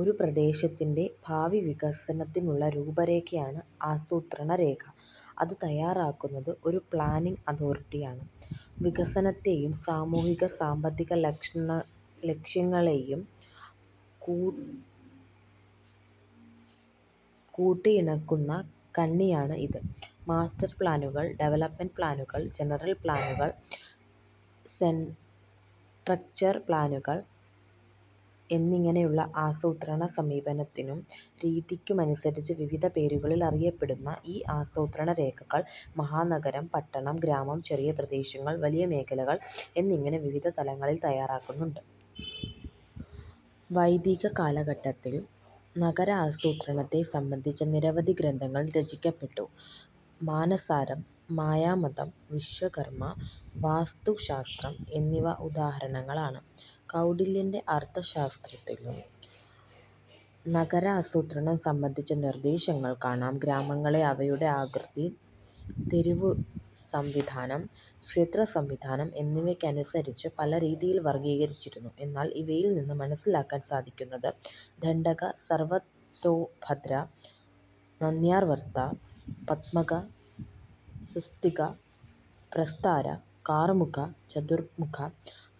ഒരു പ്രദേശത്തിന്റെ ഭാവിവികസനത്തിനുള്ള രൂപരേഖയാണ് ആസൂത്രണരേഖ. അത് തയ്യാറാക്കുന്നത് ഒരു പ്ലാനിങ് അതോറിറ്റിയാണ്. വികസനത്തെയും സാമൂഹ്യ-സാമ്പത്തിക ലക്ഷ്യങ്ങളെയും കൂട്ടിയിണക്കുന്ന കണ്ണിയാണ് ഇത്. മാസ്റ്റർ പ്ലാനുകൾ, ഡെവലപ്മെന്റ് പ്ലാനുകൾ, ജനറൽ പ്ളാനുകൾ, സെട്രക്ചർ പ്ലാനുകൾ എന്നിങ്ങനെയുള്ള ആസൂത്രണ സമീപനത്തിനും രീതിക്കുമനുസരിച്ച് വിവിധ പേരുകളിൽ അറിയപ്പെടുന്ന ഈ ആസൂത്രണ രേഖകൾ മഹാനഗരം, പട്ടണം, ഗ്രാമം, ചെറിയ പ്രദേശങ്ങൾ, വലിയ മേഖലകൾ എന്നിങ്ങനെ വിവിധ തലങ്ങളിൽ തയ്യാറാക്കാറുണ്ട്. വൈദിക കാലഘട്ടത്തിൽ നഗരാസൂത്രണത്തെ സംബന്ധിച്ച നിരവധി ഗ്രന്ഥങ്ങൾ രചിക്കപ്പെട്ടു. മാനസാരം, മായാമതം, വിശ്വകർമ വാസ്തുശാസ്ത്രം എന്നിവ ഉദാഹരണങ്ങളാണ്. കൗടില്യന്റെ അർഥശാസ്ത്രത്തിലും നഗരാസൂത്രണം സംബന്ധിച്ച നിർദ്ദേശങ്ങൾ കാണാം. ഗ്രാമങ്ങളെ അവയുടെ ആകൃതി, തെരുവുസംവിധാനം, ക്ഷേത്രസംവിധാനം എന്നിവയ്ക്കനുസരിച്ച് പല രീതിയിൽ വർഗീകരിച്ചിരുന്നു എന്നാണ് ഇവയിൽനിന്ന് മനസ്സിലാക്കാൻ സാധിക്കുന്നത്. ദണ്ഡക, സർവതോഭദ്ര, നന്ദ്യാവർത്ത, പദ്മക, സ്വസ്തിക, പ്രസ്താര, കാർമുഖ, ചതുർമുഖ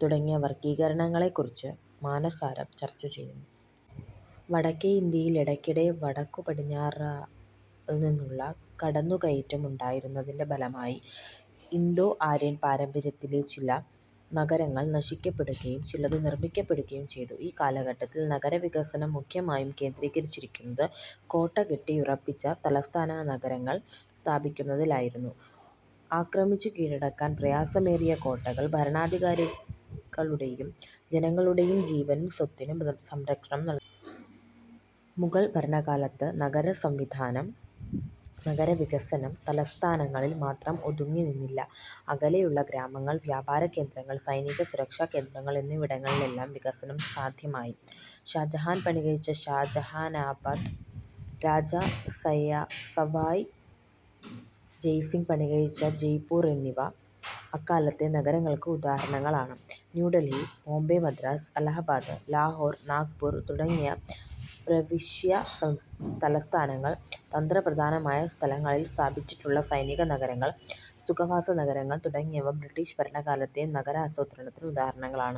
തുടങ്ങിയ വർഗീകരണങ്ങളെക്കുറിച്ച് മാനസാരം ചർച്ചചെയ്യുന്നു. വടക്കേ ഇന്ത്യയിൽ ഇടക്കിടെ വടക്കുപടിഞ്ഞാറുനിന്നുള്ള കടന്നുകയറ്റം ഉണ്ടായതിന്റെ ഫലമായി ഇന്തോ ആര്യൻ പാരമ്പര്യത്തിലെ ചില നഗരങ്ങൾ നശിപ്പിക്കപ്പെടുകയും ചിലത് നിർമ്മിക്കപ്പെടുകയും ചെയ്തു. ഈ കാലഘട്ടത്തിൽ നഗരവികസനം മുഖ്യമായും കേന്ദ്രീകരിച്ചിരുന്നത് കോട്ടകെട്ടിയുറപ്പിച്ച തലസ്ഥാനനഗരങ്ങൾ സ്ഥാപിക്കുന്നതിലായിരുന്നു. ആക്രമിച്ചു കീഴടക്കാൻ പ്രയാസമേറിയ കോട്ടകൾ ഭരണാധികാരികളുടെയും ജനങ്ങളുടെയും ജീവനും സ്വത്തിനും സംരക്ഷണം നല്കി. മുഗൾ ഭരണകാലത്ത് നഗരവികസനം തലസ്ഥാനങ്ങളിൽ മാത്രം ഒതുങ്ങിനിന്നില്ല. അകലെയുള്ള ഗ്രാമങ്ങൾ, വ്യാപാരകേന്ദ്രങ്ങൾ, സൈനിക സുരക്ഷാ കേന്ദ്രങ്ങൾ എന്നിവിടങ്ങളിലെല്ലാം വികസനം സാധ്യമായി. ഷാജഹാൻ പണികഴിപ്പിച്ച ഷാജഹാനാബാദ്, രാജാ സവായ് ജയ്സിങ് പണികഴിപ്പിച്ച ജയ്പൂർ എന്നിവ അക്കാലത്തെ നഗരങ്ങൾക്ക് ഉദാഹരണങ്ങളാണ്. ന്യൂഡൽഹി, ബോംബെ, മദ്രാസ്, അലഹബാദ്, ലാഹോർ, നാഗ്പൂർ തുടങ്ങിയ പ്രവിശ്യാ തലസ്ഥാനങ്ങൾ, തന്ത്രപ്രധാനമായ സ്ഥലങ്ങളിൽ സ്ഥാപിച്ചിട്ടുള്ള സൈനിക നഗരങ്ങൾ, സുഖവാസ നഗരങ്ങൾ, തുടങ്ങിയവ ബ്രിട്ടിഷ് ഭരണകാലത്തെ നഗരാസൂത്രണത്തിന് ഉദാഹരണങ്ങളാണ്.